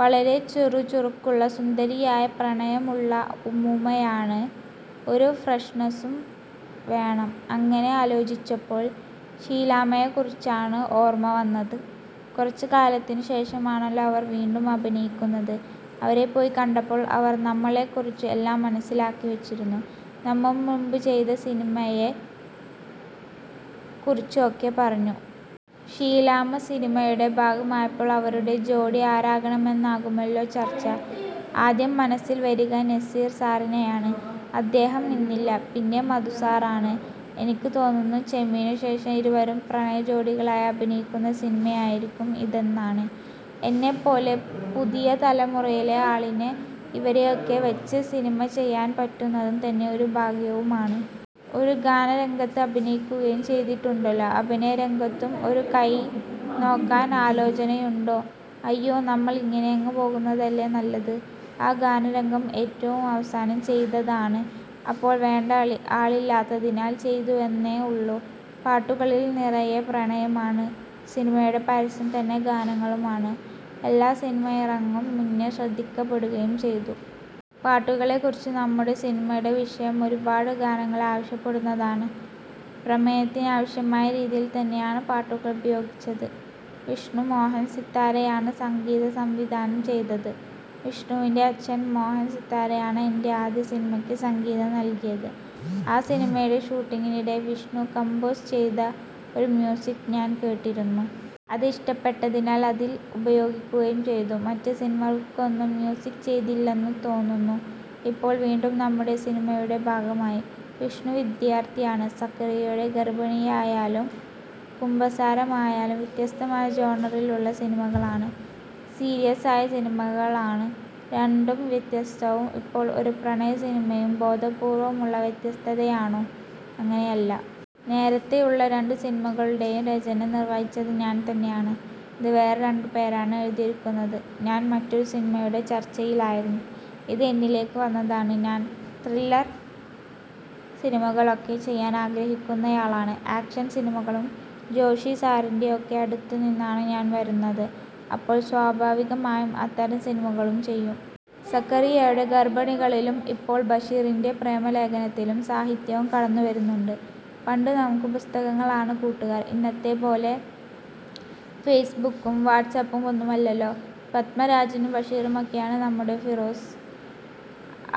വളരെ ചുറുചുറുക്കുള്ള, സുന്ദരിയായ, പ്രണയമുള്ള ഉമ്മൂമ്മയാണ്. ഒരു ഫ്രഷ്നസും വേണം. അങ്ങനെ ആലോചിച്ചപ്പോൾ ഷീലാമ്മയെക്കുറിച്ചാണ് ഓർമ്മ വന്നത്. കുറച്ച് കാലത്തിനു ശേഷമാണല്ലോ അവർ വീണ്ടും അഭിനയിക്കുന്നത്. അവരെ പോയി കണ്ടപ്പോൾ അവർ നമ്മളെ കുറിച്ച് എല്ലാം മനസ്സിലാക്കി വച്ചിരുന്നു. നമ്മൾ മുമ്പ് ചെയ്ത സിനിമയെ കുറിച്ച് ഒക്കെ പറഞ്ഞു. ഷീലാമ്മ സിനിമയുടെ ഭാഗമായപ്പോൾ അവരുടെ ജോഡി ആരാകണമെന്നാകുമല്ലോ ചർച്ച. ആദ്യം മനസ്സിൽ വരിക നസീർ സാറിനെയാണ്. അദ്ദേഹം ഇന്നില്ല. പിന്നെ മധുസാറാണ്. എനിക്ക് തോന്നുന്നു ചെമ്മീനു ശേഷം ഇരുവരും പ്രണയജോഡികളായി അഭിനയിക്കുന്ന സിനിമയായിരിക്കും ഇതെന്നാണ്. എന്നെപ്പോലെ പുതിയ തലമുറയിലെ ആളിന് ഇവരെയൊക്കെ വച്ച് സിനിമ ചെയ്യാൻ പറ്റുന്നതു തന്നെ ഒരു ഭാഗ്യവും ആണ്. ഒരു ഗാനരംഗത്ത് അഭിനയിക്കുകയും ചെയ്തിട്ടുണ്ടല്ലോ? അഭിനയരംഗത്തും ഒരു കൈനോക്കാൻ ആലോചനയുണ്ടോ? അയ്യോ, നമ്മൾ ഇങ്ങനെയങ്ങ് പോകുന്നതല്ലേ നല്ലത്. ആ ഗാനരംഗം ഏറ്റവും അവസാനം ചെയ്തതാണ്. അപ്പോൾ വേണ്ട ആളില്ലാത്തതിനാൽ ചെയ്തുവെന്നേ ഉള്ളൂ. പാട്ടുകളിൽ നിറയെ പ്രണയമാണ്. സിനിമയുടെ പരസ്യം തന്നെ ഗാനങ്ങളുമാണ്. എല്ലാം സിനിമയിറങ്ങും മുന്നേ ശ്രദ്ധിക്കപ്പെടുകയും ചെയ്തു. പാട്ടുകളെ കുറിച്ച്? നമ്മുടെ സിനിമയുടെ വിഷയം ഒരുപാട് ഗാനങ്ങൾ ആവശ്യപ്പെടുന്നതാണ്. പ്രമേയത്തിനാവശ്യമായ രീതിയിൽ തന്നെയാണ് പാട്ടുകൾ ഉപയോഗിച്ചത്. വിഷ്ണു മോഹൻ സിത്താരയാണ് സംഗീതസംവിധാനം ചെയ്തത്. വിഷ്ണുവിന്റെ അച്ഛൻ മോഹൻ സിത്താരയാണ് എന്റെ ആദ്യ സിനിമയ്ക്ക് സംഗീതം നൽകിയത്. ആ സിനിമയുടെ ഷൂട്ടിംഗിനിടെ വിഷ്ണു കമ്പോസ് ചെയ്ത ഒരു മ്യൂസിക് ഞാൻ കേട്ടിരുന്നു. അത് ഇഷ്ടപ്പെട്ടതിനാൽ അതിൽ ഉപയോഗിക്കുകയും ചെയ്തു. മറ്റ് സിനിമകൾക്കൊന്നും മ്യൂസിക് ചെയ്തില്ലെന്നു തോന്നുന്നു. ഇപ്പോൾ വീണ്ടും നമ്മുടെ സിനിമയുടെ ഭാഗമായി. വിഷ്ണു വിദ്യാർഥിയാണ്. സക്കറിയയുടെ ഗർഭിണിയായാലും കുമ്പസാരമായാലും വ്യത്യസ്തമായ ജോണറിലുള്ള സിനിമകളാണ്. സീരിയസായ സിനിമകളാണ്. രണ്ടും വ്യത്യസ്തവും. ഇപ്പോൾ ഒരു പ്രണയസിനിമയും. ബോധപൂർവമുള്ള വ്യത്യസ്തതയാണോ? അങ്ങനെയല്ല. നേരത്തെയുള്ള രണ്ടു സിനിമകളുടെയും രചന നിർവഹിച്ചത് ഞാൻ തന്നെയാണ്. ഇത് വേറെ രണ്ടുപേരാണ് എഴുതിയിരിക്കുന്നത്. ഞാൻ മറ്റൊരു സിനിമയുടെ ചർച്ചയിലായിരുന്നു. ഇത് എന്നിലേക്ക് വന്നതാണ്. ഞാൻ ത്രില്ലർ സിനിമകളൊക്കെ ചെയ്യാൻ ആഗ്രഹിക്കുന്നയാളാണ്. ആക്ഷൻ സിനിമകളും. ജോഷി സാറിന്റെയൊക്കെ അടുത്തു നിന്നാണ് ഞാൻ വരുന്നത്. അപ്പോൾ സ്വാഭാവികമായും അത്തരം സിനിമകളും ചെയ്യും. സക്കറിയയുടെ ഗർഭിണികളിലും ഇപ്പോൾ ബഷീറിന്റെ പ്രേമലേഖനത്തിലും സാഹിത്യവും കടന്നുവരുന്നുണ്ട്? പണ്ട് നമുക്ക് പുസ്തകങ്ങളാണ് കൂട്ടുകാർ. ഇന്നത്തെപ്പോലെ ഫേസ്ബുക്കും വാട്സ് ആപ്പും ഒന്നുമല്ലല്ലോ? പദ്മരാജനും ബഷീറുമൊക്കെയാണ് നമ്മുടെ ഹീറോസ്.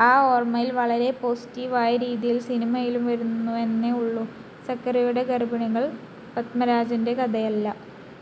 ആ ഓർമ്മയിൽ വളരെ പോസറ്റീവ് ആയ രീതിയിൽ സിനിമയിലും വരുന്നുവെന്നേ ഉള്ളൂ. സക്കറിയയുടെ ഗർഭിണികൾ പദ്മരാജന്റെ കഥയല്ല.